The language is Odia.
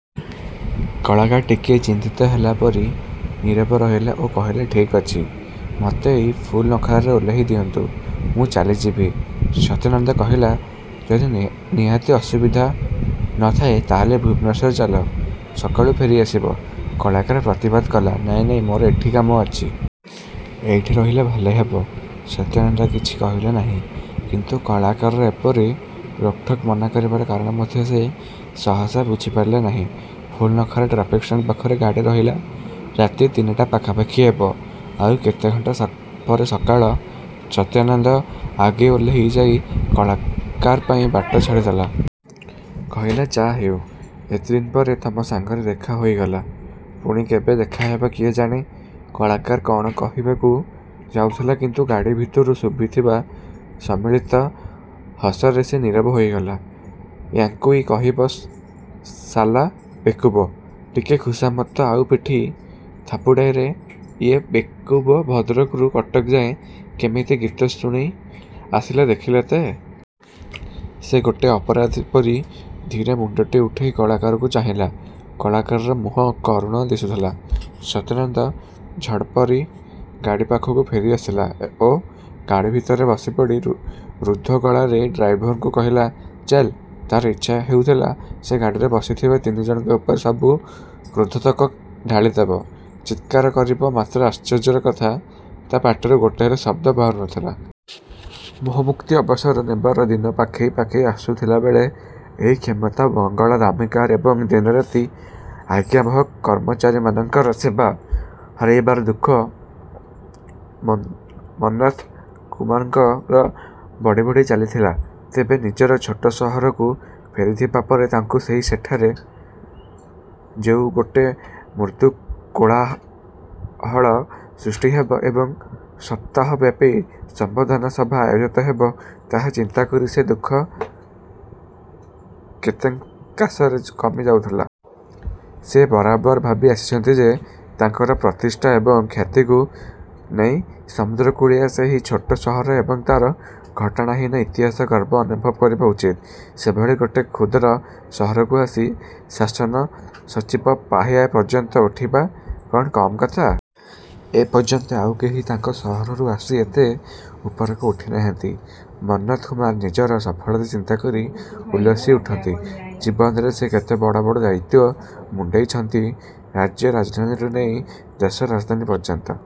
କଳାକାର ଟିକିଏ ଚିନ୍ତିତ ହେଲାପରି ନିରବ ରହିଲା ଓ କହିଲା, "ଠିକ୍ ଅଛି। ମୋତେ ଏଇ ଫୁଲନଖରାରେ ଓହ୍ଲାଇ ଦିଅନ୍ତୁ। ମୁଁ ଚାଲିଯିବି।"ସତ୍ୟାନନ୍ଦ କହିଲା, "ଯଦି ନିହାତି ଅସୁବିଧା ନ ଥାଏ, ତାହେଲେ ଭୁବନେଶ୍ୱର ଚାଲ, ସକାଳୁ ଫେରିଆସିବ।"କଳାକାର ପ୍ରତିବାଦ କଲା, "ନାଇଁ, ନାଇଁ, ମୋର ଏଠି କାମ ଅଛି। ଏଇଠି ରହିଲେ ଭଲହେବ।"ସତ୍ୟାନନ୍ଦ କିଛି କହିଲା ନାହିଁ। କିନ୍ତୁ କଳାକାରର ଏପରି ରୋକଠୋକ୍ ମନା କରିବାର କାରଣ ମଧ୍ୟ ସେ ସହସା ବୁଝିପାରିଲା ନାହିଁ। ଫୁଲନଖରା ଟ୍ରାଫିକ-ଷ୍ଟାଣ୍ଡ ପାଖରେ ଗାଡ଼ି ରହିଲା। ରାତି ତିନିଟା ପାଖାପାଖି ହେବ। ଆଉ କେତେଘଣ୍ଟା ପରେ ସକାଳ। ସତ୍ୟାନନ୍ଦ ଆଗେ ଓହ୍ଲେଇ ଯାଇ କଳାକାର ପାଇଁ ବାଟ ଛାଡ଼ିଦେଲା। କହିଲା, "ଯା' ହେଉ, ଏତେଦିନ ପରେ ତମ ସାଙ୍ଗରେ ଦେଖା ହୋଇଗଲା। ପୁଣି କେବେ ଦେଖା ହେବ କିଏ ଜାଣେ।"କଳାକାର କଣ କହିବାକୁ ଯାଉଥିଲା, କିନ୍ତୁ ଗାଡ଼ି ଭିତରୁ ଶୁଭୁଥିବା ସମ୍ମିଳିତ ହସରେ ସେ ନିରବ ହୋଇଗଲା।"ୟାଙ୍କୁଇ କହିବ ଶାଲା ବେକୁବ। ଟିକେ ଖୁସାମତ ଆଉ ପିଠି ଥାପୁଡ଼ାରେ ଇଏ ବେକୁବ ଭଦ୍ରକରୁ କଟକ ଯାଏ କେମିତି ଗୀତ ଶୁଣେଇ ଆସିଲା ଦେଖିଲେ ତ! ସେ ଗୋଟେ ଅପରାଧୀ ପରି ଧୀରେ ମୁଣ୍ଡଟି ଉଠେଇ କଳାକାରକୁ ଚାହିଁଲା। କଳାକାରର ମୁହଁ କରୁଣ ଦିଶୁଥିଲା। ସତ୍ୟାନନ୍ଦ ଝଡ଼ ପରି ଗାଡ଼ି ପାଖକୁ ଫେରିଆସିଲା ଓ ଗାଡ଼ି ଭିତରେ ବସିପଡ଼ି ରୁଦ୍ଧ ଗଳାରେ ଡ୍ରାଇଭରକୁ କହିଲା, "ଚାଲ।" ତାର ଇଚ୍ଛା ହେଉଥିଲା, ସେ ଗାଡ଼ିରେ ବସିଥିବା ତିନିଜଣଙ୍କ ଉପରେ ସବୁ କ୍ରୋଧତକ ଢାଳିଦେବ, ଚିତ୍କାର କରିବ ମାତ୍ର ଆଶ୍ଚର୍ଯ୍ୟର କଥା, ତା ପାଟିରୁ ଗୋଟେ ହେଲେ ଶବ୍ଦ ବାହାରୁ ନଥିଲା। ମୋହମୁକ୍ତି ଅବସର ନେବାର ଦିନ ପାଖେଇ ପାଖେଇ ଆସୁଥିଲାବେଳେ ଏହି କ୍ଷମତା, ବଙ୍ଗଳା, ଦାମୀ କାର ଏବଂ ଦିନରାତି ଆଜ୍ଞାବହ କର୍ମଚାରୀମାନଙ୍କର ସେବା ହରେଇବାର ଦୁଃଖ ମନ୍ମଥ କୁମାରଙ୍କର ବଢ଼ି ବଢ଼ି ଚାଲିଥିଲା। ତେବେ ନିଜର ଛୋଟ ସହରକୁ ଫେରିଯିବା ପରେ ତାଙ୍କୁ ନେଇ ସେଠାରେ ଯୋଉ ଗୋଟେ ମୃଦୁ କୋଳାହଳ ସୃଷ୍ଟି ହେବ ଏବଂ ସପ୍ତାହବ୍ୟାପି ସମ୍ବର୍ଦ୍ଧନା ସଭା ଆୟୋଜିତ ହେବ, ତାହା ଚିନ୍ତାକରି ସେ ଦୁଃଖ କେତେକାଂଶରେ କମି ଯାଉଥିଲା। ସେ ବରାବର ଭାବି ଆସିଛନ୍ତି ଯେ ତାଙ୍କର ପ୍ରତିଷ୍ଠା ଏବଂ ଖ୍ୟାତିକୁ ନେଇ ସମୁଦ୍ରକୂଳିଆ ସେଇ ଛୋଟ ସହର ଏବଂ ତାର ଘଟଣାହୀନ ଇତିହାସ ଗର୍ବ ଅନୁଭବ କରିବା ଉଚିତ। ସେଭଳି ଗୋଟେ କ୍ଷୁଦ୍ର ସହରରୁ ଆସି ଶାସନସଚିବ ପାହ୍ୟା ପର୍ଯ୍ୟନ୍ତ ଉଠିବା କଣ କମ୍ କଥା! ଏପର୍ଯ୍ୟନ୍ତ ଆଉ କେହି ତାଙ୍କ ସହରରୁ ଆସି ଏତେ ଉପରକୁ ଉଠି ନାହାନ୍ତି। ମନ୍ମଥ କୁମାର ନିଜର ସଫଳତା ଚିନ୍ତା କରି ଉଲ୍ଲସି ଉଠନ୍ତି। ଜୀବନରେ ସେ କେତେ ବଡ଼ ବଡ଼ ଦାୟିତ୍ୱ ମୁଣ୍ଡେଇଛନ୍ତି। ରାଜ୍ୟ ରାଜଧାନୀରୁ ନେଇ ଦେଶ ରାଜଧାନୀ ପର୍ଯ୍ୟନ୍ତ।